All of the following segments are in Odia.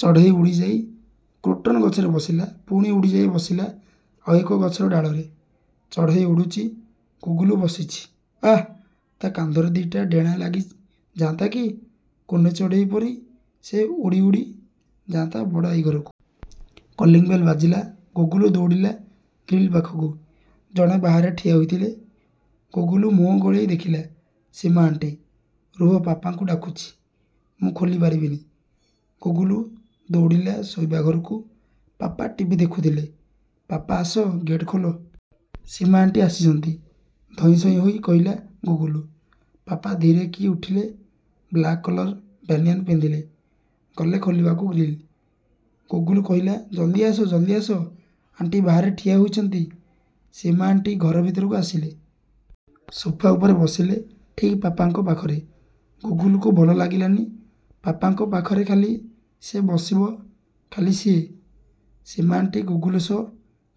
ଚଢ଼େଇ ଉଡ଼ିଯାଇ କ୍ରୋଟନ୍ ଗଛରେ ବସିଲା, ପୁଣି ଉଡ଼ିଯାଇ ବସିଲା ଆଉ ଏକ ଗଛର ଡାଳରେ। ଚଢ଼େଇ ଉଡ଼ୁଛି। ଗୁଗୁଲୁ ବସିଛି। ଆଃ.. ତା' କାନ୍ଧରେ ଦି'ଟା ଡେଣା ଲାଗିଯା'ନ୍ତା କି କୁନି ଚଢ଼େଇ ପରି। ସେ ଉଡ଼ି ଉଡ଼ି ଯା'ନ୍ତା ବଡ଼ ଆଈ ଘରକୁ। କଲିଂବେଲ ବାଜିଲା। ଗୁଗୁଲୁ ଦଉଡ଼ିଗଲା ଗ୍ରୀଲ ପାଖକୁ। ଜଣେ ବାହାରେ ଠିଆ ହୋଇଥିଲେ। ଗୁଗୁଲୁ ମୁହଁ ଗଳେଇ ଦେଖିଲା। ସୀମା ଆଣ୍ଟି। ''ରୁହ ପାପାଙ୍କୁ ଡାକୁଚି। ମୁଁ ଖୋଲି ପାରିବିନି। '' ଗୁଗୁଲୁ ଦଉଡ଼ିଲା ଶୋଇବା ଘରକୁ। ପାପା ଟିଭି ଦେଖୁଥିଲେ। ''ପାପା ଆସ। ଗେଟ୍ ଖୋଲ। ସୀମା ଆଣ୍ଟି ଆସିଛନ୍ତି। '' ଧଇଁସଇଁ ହୋଇ କହିଲା ଗୁଗୁଲୁ। ପାପା ଧୀରେ କି ଉଠିଲେ ବ୍ଲାକ୍ କଲର ବ୍ୟାନିୟନ୍ ପିନ୍ଧିଲେ। ଗଲେ ଖୋଲିବାକୁ ଗ୍ରୀଲ। ଗୁଗୁଲୁ କହିଲା,''ଜଲ୍ଦି ଆସ, ଜଲ୍ଦି ଆସ। ଆଣ୍ଟି ବାହାରେ ଠିଆ ହୋଇଛନ୍ତି। '' ସୀମା ଆଣ୍ଟି ଘର ଭିତରକୁ ଆସିଲେ। ସୋଫା ଉପରେ ବସିଲେ, ଠିକ୍ ପାପାଙ୍କ ପାଖରେ। ଗୁଗୁଲୁକୁ ଭଲ ଲାଗିଲାନି। ପାପାଙ୍କ ପାଖରେ ଖାଲି ସିଏ ବସିବ। ଖାଲି ସିଏ। ସୀମା ଆଣ୍ଟି ଗୁଗୁଲୁ ସହ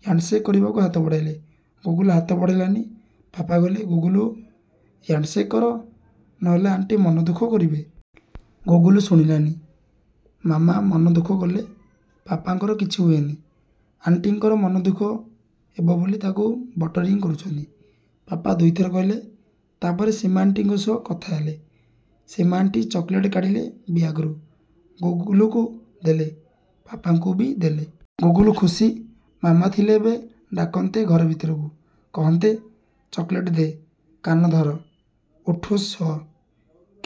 ହ୍ୟାଣ୍ଡସେକ୍ କରିବାକୁ ହାତ ବଢ଼ାଇଲେ। ଗୁଗୁଲୁ ହାତ ବଢ଼ାଇଲାନି। ପାପା କହିଲେ,''ଗୁଗୁଲୁ, ହ୍ୟାଣ୍ଡସେକ୍ କର। ନ ହେଲେ ଆଣ୍ଟି ମନ ଦୁଃଖ କରିବେ। '' ଗୁଗୁଲୁ ଶୁଣିଲାନି। ମାମା ମନଦୁଃଖ କଲେ ପାପାଙ୍କର କିଛି ହୁଏନି। ଆଣ୍ଟିଙ୍କର ମନଦୁଃଖ ହେବ ବୋଲି ତାକୁ ବଟରିଂ କରୁଛନ୍ତି। ପାପା ଦୁଇଥର କହିଲେ। ତା'ପରେ ସୀମା ଆଣ୍ଟିଙ୍କ ସହ କଥା ହେଲେ। ସୀମା ଆଣ୍ଟି ଚକୋଲେଟ୍ କାଢ଼ିଲେ ବ୍ୟାଗ୍ରୁ। ଗୁଗୁଲୁକୁ ଦେଲେ। ପାପାଙ୍କୁ ବି ଦେଲେ। ଗୁଗୁଲୁ ଖୁସି। ମାମା ଥିଲେ ଏବେ ଡାକନ୍ତେ ଘର ଭିତରକୁ। କହନ୍ତେ,''ଚକୋଲେଟ୍ ଦେ। କାନ ଧର। ଉଠ୍ବସ୍ ହ'।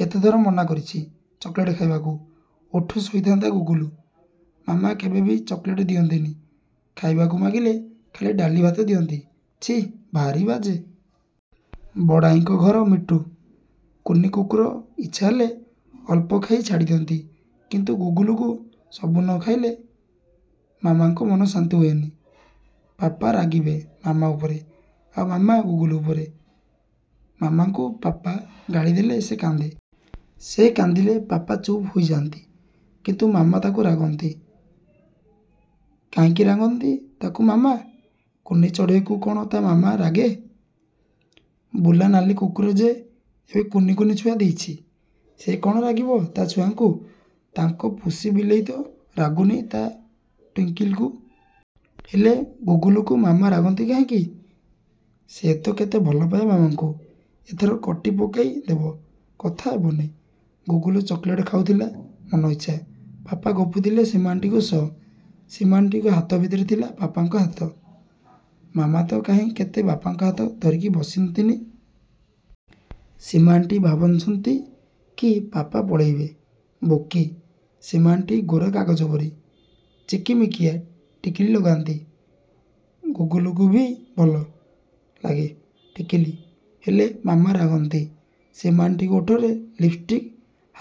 କେତେଥର ମନାକରିଛି, ଚକଲେଟ୍ ଖାଇବାକୁ। '' ଉଠ୍ବସ୍ ହୋଇଥାନ୍ତା ଗୁଗୁଲୁ। ମାମା କେବେବି ଚକୋଲେଟ୍ ଦିଅନ୍ତିନି। ଖାଇବାକୁ ମାଗିଲେ ଖାଲି ଡାଲିଭାତ ଦିଅନ୍ତି। ଛି.. ଭାରି ବାଜେ। ବଡ଼ ଆଈଙ୍କ ଘର ମିଟୁ, କୁନି କୁକୁର ଇଚ୍ଛା ହେଲେ ଅଳ୍ପ ଖାଇ ଛାଡ଼ି ଦିଅନ୍ତି। କିନ୍ତୁ ଗୁଗୁଲୁକୁ ସବୁ ନ ଖୋଇଲେ ମାମାଙ୍କ ମନ ଶାନ୍ତି ହୁଏନି। ପାପା ରାଗିବେ ମାମା ଉପରେ ଆଉ ମାମା ଗୁଗୁଲୁ ଉପରେ। ମାମାଙ୍କୁ ପାପା। ଗାଳି ଦେଲେ ସେ କାନ୍ଦେ। ସେ କାନ୍ଦିଲେ ପାପା ଚୁପ୍ ହୋଇଯା'ନ୍ତି। କିନ୍ତୁ ମାମା ତାକୁ ରାଗନ୍ତି। କାହିଁକି ରାଗନ୍ତି ତାକୁ ମାମା? କୁନି ଚଢ଼େଇକୁ କ'ଣ ତା'ମାମା ରାଗେ? ବୁଲା ନାଲି କୁକୁର ଯେ ଏବେ କୁନି କୁନି ଛୁଆ ଦେଇଛି। ସେ କ'ଣ ରାଗିବ ତା' ଛୁଆଙ୍କୁ? ତାଙ୍କ ପୁଷି ବିଲେଇ ତ ରାଗୁନି ତା' ଟ୍ୱିଙ୍କିଲ୍କୁ? ହେଲେ ଗୁଗୁଲୁକୁ ମାମା ରାଗନ୍ତି କାହିଁକି? ସେ ତ କେତେ ଭଲ ପାଏ ମାମାଙ୍କୁ। ଏଥର କଟି ପକାଇ ଦେବ। କଥା ହେବନି। ଗୁଗୁଲୁ ଚକୋଲେଟ୍ ଖାଉଥିଲା ମନଇଚ୍ଛା। ପାପା ଗପୁଥିଲେ ସୀମାଆଣ୍ଟିଙ୍କ ସହ। ସୀମା ଆଣ୍ଟିଙ୍କ ହାତ ଭିତରେ ଥିଲା ପାପାଙ୍କ ହାତ। ମାମା ତ କାହିଁ କେବେ ପାପାଙ୍କ ହାତ ଧରିକି ବସନ୍ତିନି! ସୀମା ଆଣ୍ଟି ଭାବଛନ୍ତି କି ପାପା ପଳେଇବେ। ବୋକି। ସୀମା ଆଣ୍ଟି ଗୋରା କାଗଜ ପରି। ଚିକିମିକିଆ ଟିକିଲି ଲଗାନ୍ତି। ଗୁଗୁଲୁକୁ ବି ଭଲ। ଲାଗେ ଟିକିଲି। ହେଲେ ମାମା ରାଗନ୍ତି। ସୀମା ଆଣ୍ଟିଙ୍କ ଓଠରେ ଲିପ୍ଷ୍ଟିକ୍।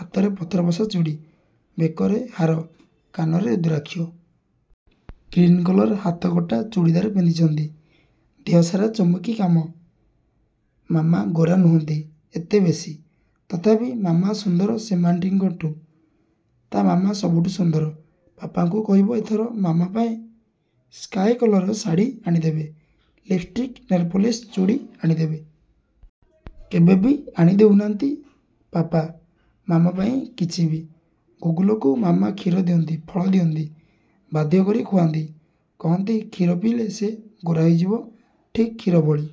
ହାତରେ ପଥରବସା ଚୂଡ଼ି। ବେକରେ ହାର। କାନରେ ରୁଦ୍ରାକ୍ଷ। ଗ୍ରୀନ୍ କଲର ହାତକଟା ଚୂଡ଼ିଦାର ପିନ୍ଧିଛନ୍ତି, ଦେହସାରା ଚୁମୁକି କାମ। ମାମା ଗୋରା ନୁହଁନ୍ତି ଏତେ ବେଶୀ। ତଥାପି ମାମା ସୁନ୍ଦର ସୀମା ଆଣ୍ଟିଙ୍କଠୁ। ତା'ମାମା ସବୁଠୁ ସୁନ୍ଦର। ପାପାଙ୍କୁ କହିବ ଏଥର ମାମା ପାଇଁ ସ୍କାଏ କଲରର ଶାଢ଼ୀ ଆଣିଦେବେ। ଲିପ୍ଷ୍ଟିକ୍, ନେଲପଲିସ୍, ଚୂଡ଼ି ଆଣିଦେବେ। କେବେବି ଆଣି ଦେଉ ନାହାଁନ୍ତ ପାପା ମାମା ପାଇଁ କିଛି ବି। ଗୁଗୁଲୁକୁ ମାମା କ୍ଷୀର ଦିଅନ୍ତି, ଫଳ ଦିଅନ୍ତି। ବାଧ୍ୟ କରି ଖୁଆନ୍ତି। କହନ୍ତି କ୍ଷୀର ପିଇଲେ ସେ ଗୋରା ହୋଇଯିବ ଠିକ୍ କ୍ଷୀର ଭଳି।